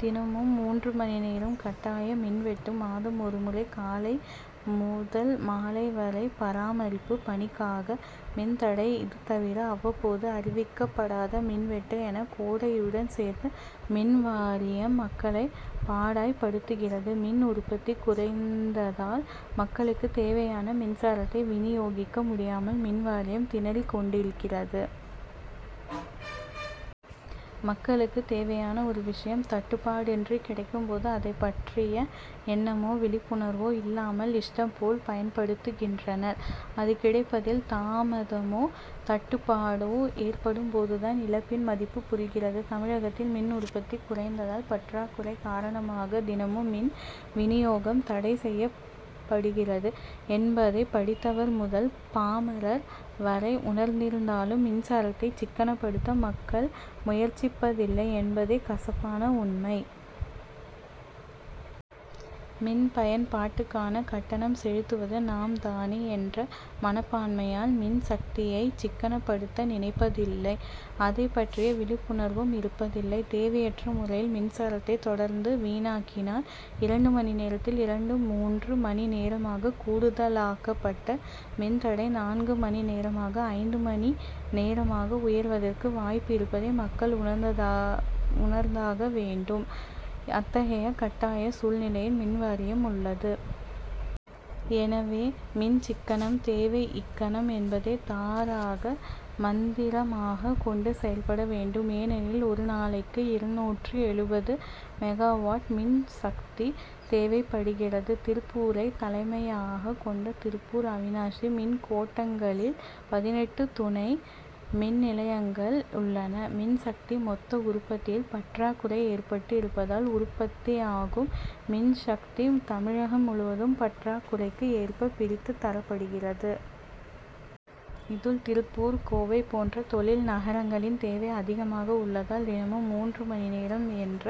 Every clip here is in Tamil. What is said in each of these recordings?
தினமும் மூன்று மணி நேரம் கட்டாய மின்வெட்டு; மாதம் ஒருமுறை காலை முதல் மாலை வரை பராமரிப்பு பணிக்காக மின்தடை இதுதவிர அவ்வப்போது அறிவிக்கப்படாத மின்வெட்டு என கோடையுடன் சேர்ந்து மின்வாரியம் மக்களை பாடாய்படுத்துகிறது. மின் உற்பத்தி குறைந்ததால் மக்களுக்கு தேவையான மின்சாரத்தை வினியோகிக்க முடியாமல் மின்வாரியம் திணறிக் கொண்டிருக்கிறது. மக்களுக்கு தேவையான ஒரு விஷயம் தட்டுப்பாடின்றி கிடைக்கும்போது அதைப்பற்றிய எண்ணமோ விழிப்புணர்வோ இல்லாமல் இஷ்டம் போல் பயன்படுத்துகின்றனர் அது கிடைப்பதில் தாமதமோ தட்டுப்பாடோ ஏற்படும் போதுதான் இழப்பின் மதிப்பு புரிகிறது. தமிழகத்தில் மின் உற்பத்தி குறைந்ததால் பற்றாக்குறை காரணமாக தினமும் மின் வினியோகம் தடை செய்யப் படுகிறது என்பதை படித்தவர் முதல் பாமரர் வரை உணர்ந்திருந்தாலும் மின்சாரத்தை சிக்கனப்படுத்த மக்கள் முயற்சிப் பதில்லை என்பதே கசப்பான உண்மை. மின்பயன்பாட்டுக்கான கட்டணம் செலுத்துவது நாம் தானே என்ற மனப்பான்மையால் மின்சக்தியை சிக்கனப்படுத்த நினைப்பதில்லை அதைப்பற்றிய விழிப்புணர்வும் இருப்பதில்லை. தேவையற்ற முறையில் மின்சாரத்தை தொடர்ந்து வீணாக்கினால் இரண்டு மணி நேரத்தில் இருந்து மூன்று மணி நேரமாக கூடுதலாக்கப்பட்ட மின்தடை நான்கு மணி நேரமாக ஐந்து மணி நேரமாக உயர்வதற்கு வாய்ப்பு இருப்பதை மக்கள் உணர்ந்தாக வேண்டும் அத்தகைய கட்டாய சூழ்நிலையில் மின்வாரியம் உள்ளது. எனவே மின்சிக்கனம் தேவை இக்கணம் என்பதை தாரக மந்திரமாக கொண்டு செயல்பட வேண்டும். ஏனெனில் ஒரு நாளைக்கு இருநூற்று எழுபது மெகாவாட் மின் சக்தி தேவைப்படுகிறது. திருப்பூரை தலைமையாக கொண்ட திருப்பூர் அவிநாசி மின்கோட்டங்களில் பதினெட்டு துணை மின்நிலையங்கள் உள்ளன. மின்சக்தி மொத்த உற்பத்தியில் பற்றாக்குறை ஏற்பட்டு இருப்பதால் உற்பத்தியாகும் மின் சக்தி தமிழகம் முழுவதும் பற்றாக்குறைக்கு ஏற்ப பிரித்து தரப்படுகிறது. இதில் திருப்பூர், கோவை போன்ற தொழில் நகரங்களின் தேவை அதிகமாக உள்ளதால் தினமும் மூன்று மணி நேரம் என்ற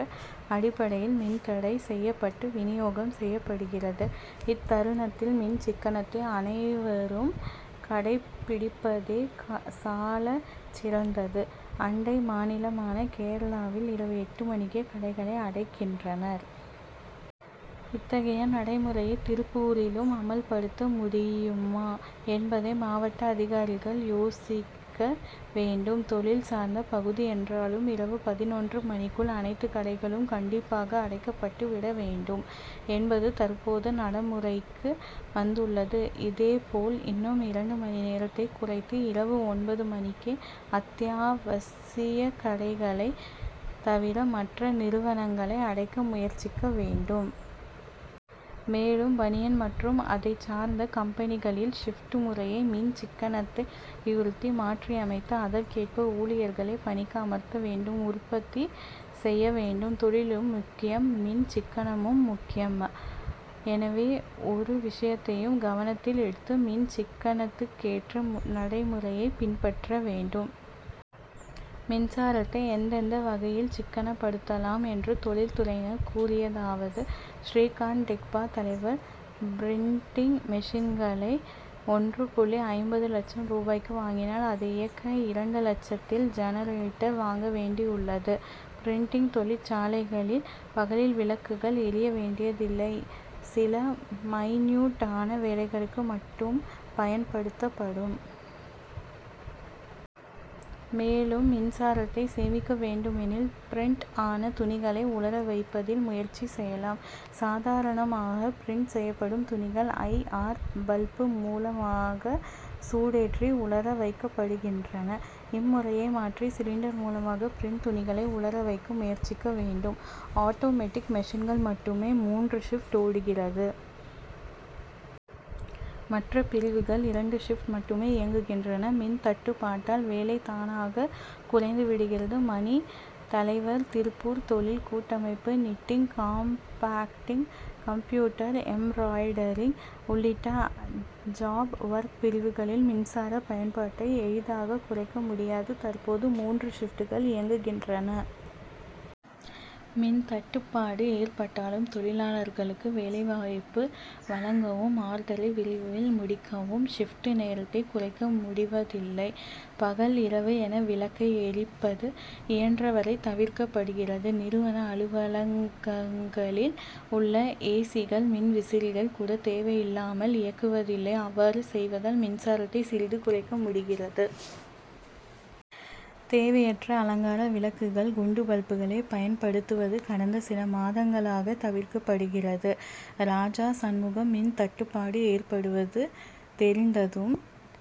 அடிப்படையில் மின் தடை செய்யப்பட்டு வினியோகம் செய்யப்படுகிறது. இத்தருணத்தில் மின் சிக்கனத்தை அனைவரும் கடைபிடிப்பதே சாலச்சிறந்தது. அண்டை மாநிலமான கேரளாவில் இரவு எட்டு மணிக்கே கடைகளை அடைக்கின்றனர். இத்தகைய நடைமுறையை திருப்பூரிலும் அமல்படுத்த முடியுமா என்பதை மாவட்ட அதிகாரிகள் யோசிக்க வேண்டும். தொழில் சார்ந்த பகுதி என்றாலும், இரவு பதினொன்று மணிக்குள் அனைத்து கடைகளும் கண்டிப்பாக அடைக்கப்பட்டு விட வேண்டும் என்பது தற்போது நடைமுறைக்கு வந்துள்ளது. இதேபோல் இன்னும் இரண்டு மணி நேரத்தை குறைத்து, இரவு ஒன்பது மணிக்கே அத்தியாவசியகடைகளை தவிர மற்ற நிறுவனங்களை அடைக்க முயற்சிக்க வேண்டும். மேலும் பனியன் மற்றும் அதைச்சார்ந்த கம்பெனிகளில் ஷிப்ட் முறையை மின் சிக்கனத்தை வலியுறுத்தி மாற்றியமைத்து அதற்கேற்ப ஊழியர்களை பணிக்கு அமர்த்த வேண்டும் உற்பத்தி செய்ய வேண்டும். தொழிலும் முக்கியம் மின் சிக்கனமும் முக்கியம். எனவே ஒரு விஷயத்தையும் கவனத்தில் எடுத்து மின் சிக்கனத்துக்கேற்ற நடைமுறையை பின்பற்ற வேண்டும். மின்சாரத்தை எந்தெந்த வகையில் சிக்கனப்படுத்தலாம் என்று தொழில் துறையினர் கூறியதாவது:ஸ்ரீகாந்த் டெக்பா தலைவர் பிரின்டிங் மெஷின்களை ஒன்று புள்ளி ஐம்பது லட்சம் ரூபாய்க்கு வாங்கினால் அதை இயக்க இரண்டு லட்சத்தில் ஜெனரேட்டர் வாங்க வேண்டியுள்ளது. பிரின்டிங் தொழிற் சாலைகளில் பகலில் விளக்குகள் எரிய வேண்டியதில்லை. சில மைனூட்டான வேலைகளுக்கு மட்டும் பயன்படுத்தப்படும். மேலும் மின்சாரத்தை சேமிக்க வேண்டுமெனில் பிரின்ட் ஆன துணிகளை உலர வைப்பதில் முயற்சி செய்யலாம். சாதாரணமாக பிரின்ட் செய்யப்படும் துணிகள் ஐ. ஆர். பல்பு மூலமாக சூடேற்றி உலர வைக்கப்படுகின்றன. இம்முறையை மாற்றி சிலிண்டர் மூலமாக பிரின்ட் துணிகளை உலர வைக்க முயற்சிக்க வேண்டும். ஆட்டோமேட்டிக் மெஷின்கள் மட்டுமே மூன்று ஷிப்ட் ஓடுகிறது. மற்றபிரிவுகள் இரண்டு ஷிப்ட் மட்டுமே இயங்குகின்றன. மின் தட்டுப்பாட்டால் வேலை தானாக குறைந்து விடுகிறது. மணி தலைவர் திருப்பூர் தொழில் கூட்டமைப்பு நிட்டிங் காம்பாக்டிங் கம்ப்யூட்டர் எம்ப்ராய்டரிங் உள்ளிட்ட ஜாப் ஒர்க் பிரிவுகளில் மின்சார பயன்பாட்டை எளிதாக குறைக்க முடியாது. தற்போது மூன்று ஷிப்ட்கள் இயங்குகின்றன. மின் தட்டுப்பாடு ஏற்பட்டாலும் தொழிலாளர்களுக்கு வேலைவாய்ப்பு வழங்கவும் ஆர்டரை விரைவில் முடிக்கவும் ஷிப்ட் நேரத்தை குறைக்க முடிவதில்லை. பகல் இரவு என விளக்கை எரிப்பது இயன்ற வரை தவிர்க்கப்படுகிறது. நிறுவன அலுவலகங்களில் உள்ள ஏசிகள் மின்விசிறிகள் கூட தேவையில்லாமல் இயக்குவதில்லை. அவ்வாறு செய்வதால் மின்சாரத்தை சிறிது குறைக்க முடிகிறது. தேவையற்ற அலங்கார விளக்குகள் குண்டு பல்புகளை பயன்படுத்துவது கடந்த சில மாதங்களாக தவிர்க்கப்படுகிறது. ராஜாசண்முகம்: மின்தட்டுப்பாடு ஏற்படுவது தெரிந்ததும்